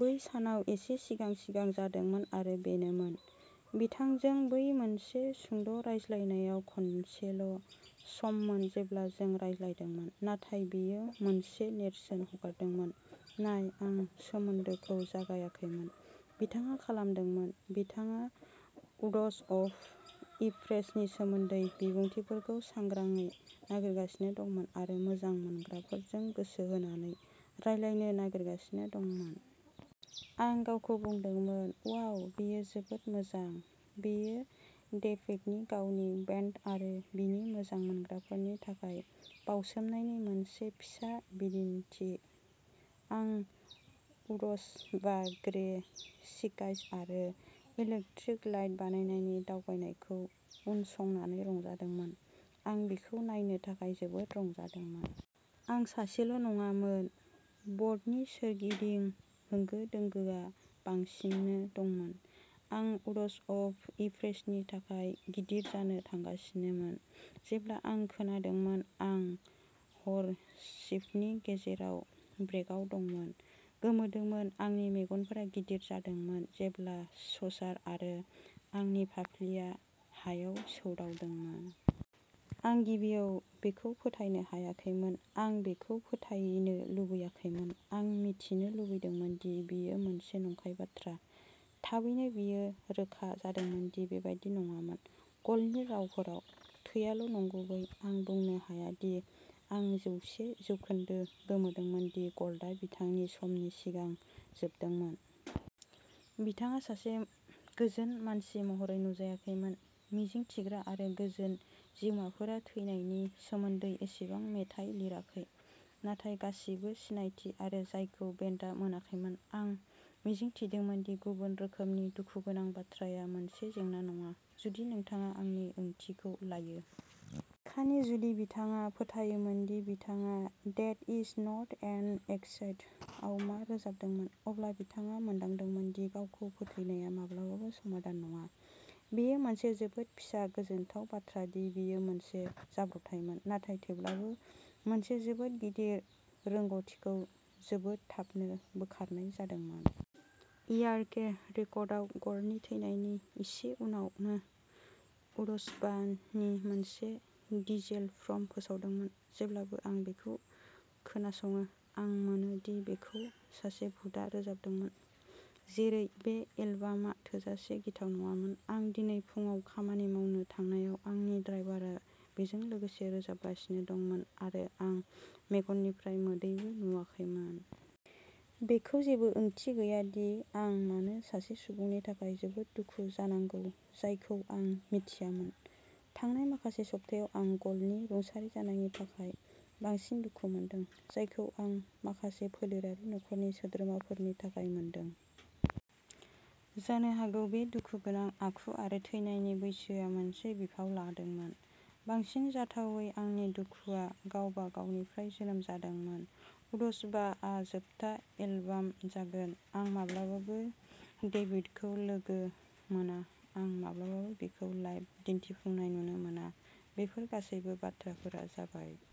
बै सानाव एसे सिगां-सिगां जादोंमोन आरो बेनोमोन। बिथांजों बै मोनसे सुंद' रायज्लायनाया खनसेल' सममोन जेब्ला जों "रायज्लायदोंमोन" नाथाय बेयो मोनसे नेरसोन हगारदोंमोन। नाय, आं सोमोनदोखौ जागायाखैमोन। बिथाङा खालामदोंमोन। बिथाङा उडस अफ इप्रेसनि सोमोन्दै बिबुंथिफोरखौ सांग्राङै नागिरगासिनो दंमोन आरो मोजां मोनग्राफोरजों गोसो होनानै रायलायनो नागिरगासिनो दंमोन। आं गावखौ बुंदोंमोन, "अवाव बेयो जोबोद मोजां।" बेयो डेभिडनि गावनि बेन्ड आरो बिनि मोजां मोनग्राफोरनि थाखाय बावसोमनायनि मोनसे फिसा बिदिनथि। आं उडस बा ग्रे सिकाइज आरो इलेक्ट्रिक लाइट बानायनायनि दावगानायखौ उनसंनानै रंजादोंमोन। आं बेखौ नायनो थाखाय जोबोद रंजादोंमोन। आं सासेल'नङामोन। बडनि सोरगिदिं होंगो दोंगोआ बांसिनो दंमोन। आ उड्स अफ इप्रेसनि थाखाय गिदिर जानो थांगासिनोमोन। जेब्ला आं खोनादोंमोन आं हर सिफ्टनि गेजेराव ब्रेकआव दंमोन। गोमोदोंमोन। आंनि मेगनफोरा गिदिर जादोंमोन जेब्ला ससार आरो आंनि फाफ्लिआ हायाव सौदावदोंमोन। आं गिबियाव बेखौ फोथायनो हायाखैमोन। आं बेखौ फोथायनो लुगैयाखैमोन। आं मिथिनो लुगैदोंमोन दि बेयो मोनसे नंखाय बाथ्रा। थाबैनो बेयो रोखा जादोंमोन दि बेबादि नङामोन। गल्डनि रावफोराव, "थैआल' नंगुबै।" आं बुंनो हाया दि आं जौसे जौखोनदो गोमोदोंमोन दि गल्डआ बिथांनि समनि सिगां जोबदोंमोन। बिथाङा सासे गोजोन मानसि महरै नुजायाखैमोन। मिजिंथिग्रा आरो गोजोन जिउमाफोरा थैनायनि सोमोन्दै एसेबां मेथाइ लिराखै। नाथाय गासिबो सिनायथि आरो जायखौ बेन्डआ मोनाखैमोन, आं मिजिंथिदोंमोन दि गुबुन रोखोमनि दुखुगोनां बाथ्राया मोनसे जेंना नङा। जुदि नोंथाङा आंनि ओंथिखौ लायो। खानि, जुदि बिथाङा फोथायोमोन दि बिथाङा "death is not an exit" आव मा रोजाबदोंमोन, अब्ला बिथाङा मोनदांदोंमोन दि गावखौ फोथैनाया माब्लाबाबो समाधान नङा। बेयो मोनसे जोबोद फिसा गोजोनथाव बाथ्रा दि बेयो मोनसे जाब्रबथायमोन, नाथाय थेवब्लाबो, मोनसे जोबोद गिदिर रोंग'थिखौ जोबोद थाबनो बोखारनाय जादोंमोन। इयारके रिकर्डआ गल्डनि थैनायनि एसे उनावनो अडस बान नि मोनसे डिजेल प्रम' फोसावदोंमोन। जेब्लानो आं बेखौ खोनासङो, आं मोनो दि बेखौ सासे भुतआ रोजाबदों। जेरै बे एलबामा थोजासे गिथाव नङामोन। आं दिनै फुंआव खामानि मावनो थांनायाव आंनि ड्राइभारा बेजों लोगोसे रोजाबगासिनो दंमोन आरो आं मेगननिफ्राय मोदैबो नुवाखैमोन। बेखौ जेबो ओंथि गैया दि आं मानो सासे सुबुंनि थाखाय जोबोद दुखु जानांगौ जायखौ आं मिथियामोन। थांनाय माखासे सप्तायाव आं गल्डनि रुंसारि जानायनि थाखाय बांसिन दुखु मोनदों, जायखौ आं माखासे फोलेरारि नखरनि सोद्रोमाफोरनि थाखाय मोनदों। जानो हागौ बे दुखुगोनां आखु आरो थैनायनि बैसोआ मोनसे बिफाव लादोंमोन। बांसिन जाथावनायै, आंनि दुखुआ गावबा गावनिफ्राय जोनोम जादों। उडस बा आ जोबथा एलबाम जागोन। आं माब्लाबाबो डेभिडखौ लोगो मोना। आं माब्लाबाबो बिखौ लाइभ दिनथिफुंनाय नुनो मोना। बेफोर गासैबो बाथ्राफोरा जाबाय,